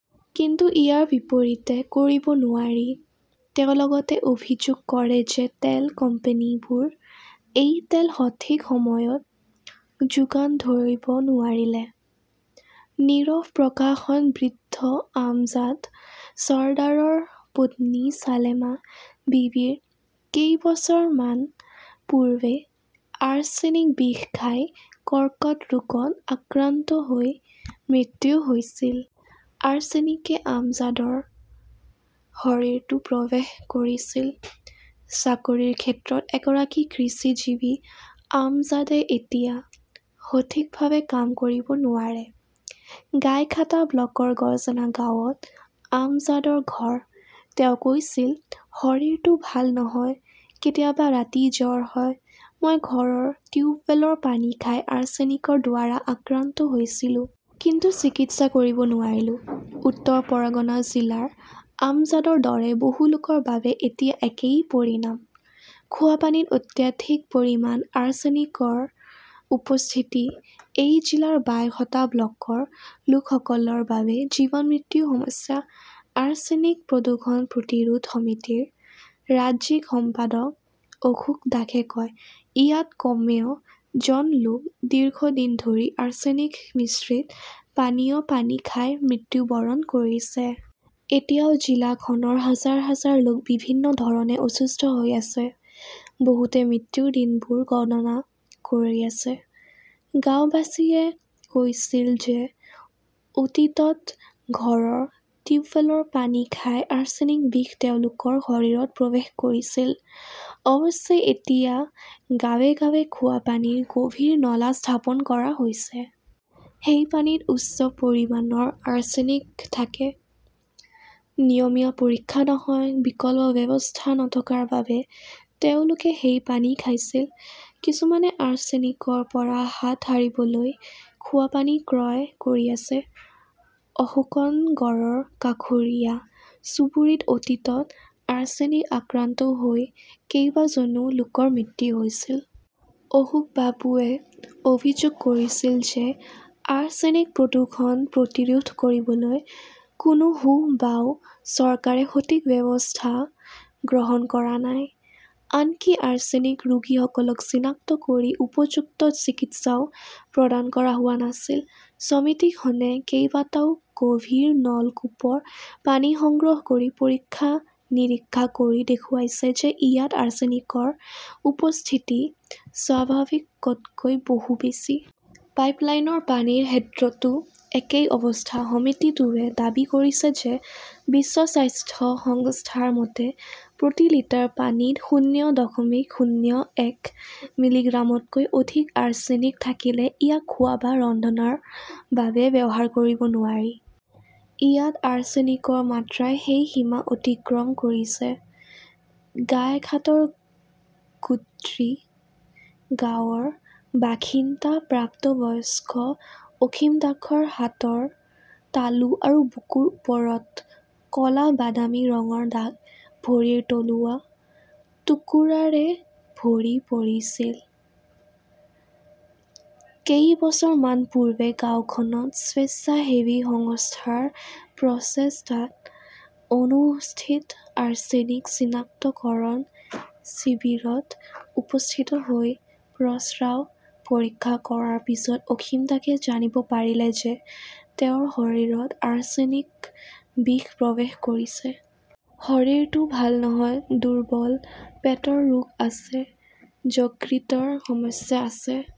কিন্তু ইয়াৰ বিপৰীতে কৰিব নোৱাৰি। তেওঁ লগতে অভিযোগ কৰে যে, তেল কোম্পানীবোৰে এই তেল সঠিক সময়ত যোগান ধৰিব নোৱাৰিলে। নীৰৱ প্ৰশাসন বৃদ্ধ আমজাদ চৰ্দাৰৰ পত্নী সালেমা বিবিৰ কেইবছৰমান পূৰ্বে আৰ্ছেনিক বিষ খাই কৰ্কট ৰোগত আক্ৰান্ত হৈ মৃত্যু হৈছিল। আৰ্ছেনিকে আমজাদৰ শৰীৰতো প্ৰৱেশ কৰিছিল। চাকৰিৰ ক্ষেত্ৰত এগৰাকী কৃষিজীৱী আমজাদে এতিয়া সঠিকভাৱে কাম কৰিব নোৱাৰে। গাইঘাটা ব্লকৰ গজনা গাঁৱত আমজাদৰ ঘৰ। তেওঁ কৈছিল, "শৰীৰটো ভাল নহয়। কেতিয়াবা ৰাতি জ্বৰ হয়। মই ঘৰৰ টিউবৱেলৰ পানী খাই আৰ্ছেনিকৰ দ্বাৰা আক্ৰান্ত হৈছিলোঁ। কিন্তু চিকিৎসা কৰিব নোৱাৰিলো"। উত্তৰ পৰগনা জিলাৰ আমজাদৰ দৰে বহু লোকৰ বাবে এতিয়া একেই পৰিণাম। খোৱাপানীত অত্যাধিক পৰিমাণ আৰ্ছেনিকৰ উপস্থিতি এই জিলাৰ বাইশটা ব্লকৰ লোকসকলৰ বাবে জীৱন-মৃত্যুৰ সমস্যা। আৰ্ছেনিক প্ৰদূষণ প্ৰতিৰোধ সমিতিৰ ৰাজ্যিক সম্পাদক অশোক দাসে কয়, "ইয়াত কমেও জন লোক দীৰ্ঘদিন ধৰি আৰ্ছেনিক মিশ্ৰিত পানীয় পানী খাই মৃত্যুবৰণ কৰিছে। এতিয়াও জিলাখনৰ হাজাৰ হাজাৰ লোক বিভিন্ন ধৰণে অচুস্থ হৈ আছে"। বহুতে মৃত্যুৰ দিনবোৰ গণনা কৰি আছে। গাওঁৱাসীয়ে কৈছিল যে, অতীতত ঘৰৰ টিউবৱেলৰ পানী খাই আৰ্ছেনিক বিষ তেওঁলোকৰ শৰীৰত প্ৰৱেশ কৰিছিল। অৱশ্যে, এতিয়া গাঁৱে গাঁৱে খোৱাপানীৰ গভীৰ নলা স্থাপন কৰা হৈছে। সেই পানীত উচ্চ পৰিমাণৰ আৰ্ছেনিক থাকে। নিয়মীয়া পৰীক্ষা নহয়। বিকল্প ব্যৱস্থা নথকাৰ বাবে তেওঁলোকে সেই পানী খাইছিল। কিছুমানে আৰ্ছেনিকৰ পৰা হাত সাৰিবলৈ খোৱাপানী ক্ৰয় কৰি আছে। অশোকনগৰৰ কাষৰীয়া চুবুৰীত অতীতত আৰ্ছেনিক আক্ৰান্ত হৈ কেইবাজনো লোকৰ মৃত্যু হৈছিল। অশোক বাবুৱে অভিযোগ কৰিছিল যে, আৰ্ছেনিক প্ৰদূষণ প্ৰতিৰোধ কৰিবলৈ কোনো সোঁ-বাওঁ চৰকাৰে সঠিক ব্যৱস্থা গ্ৰহণ কৰা নাই। আনকি আৰ্ছেনিক ৰোগীসকলক চিনাক্ত কৰি উপযুক্ত চিকিৎসাও প্ৰদান কৰা হোৱা নাছিল। সমিতিখনে কেইবাটাও গভীৰ নলকূপৰ পানী সংগ্ৰহ কৰি পৰীক্ষা-নিৰীক্ষা কৰি দেখুৱাইছে যে ইয়াত আৰ্ছেনিকৰ উপস্থিতি স্বাভাৱিকতকৈ বহু বেছি। পাইপ লাইনৰ পানীৰ ক্ষেত্ৰতো একেই অৱস্থা। সমিতিটোৱে দাবী কৰিছে যে, বিশ্ব স্বাস্থ্য সংস্থাৰ মতে, প্ৰতি লিটাৰ পানীত শূন্য দশমিক শূন্য এক মিলিগ্ৰামতকৈ অধিক আৰ্ছেনিক থাকিলে ইয়াক খোৱা বা ৰন্ধনৰ বাবে ব্যৱহাৰ কৰিব নোৱাৰি। ইয়াত আৰ্ছেনিকৰ মাত্ৰাই সেই সীমা অতিক্ৰম কৰিছে। গাইঘাটৰ গুট্ৰি গাঁৱৰ বাসিন্দা প্ৰাপ্তবয়স্ক অসীম দাসৰ হাতৰ তালু আৰু বুকুৰ ওপৰত ক 'লা-বাদামী ৰঙৰ দাগ। ভৰিৰ তলুৱা টুকুৰাৰে ভৰি পৰিছিল। কেইবছৰমান পূৰ্বে গাওঁখনত স্বেচ্ছাসেৱী সংস্থাৰ প্ৰচেষ্টাত অনুষ্ঠিত আৰ্ছেনিক চিনাক্তকৰণ শিবিৰত উপস্থিত হৈ প্ৰস্ৰাৱ পৰীক্ষা কৰাৰ পিছত অসীম দাসে জানিব পাৰিলে যে, তেওঁৰ শৰীৰত আৰ্ছেনিক বিষ প্ৰৱেশ কৰিছে। "শৰীৰটো ভাল নহয়, দুৰ্বল, পেটৰ ৰোগ আছে। যকৃতৰ সমস্যা আছে"।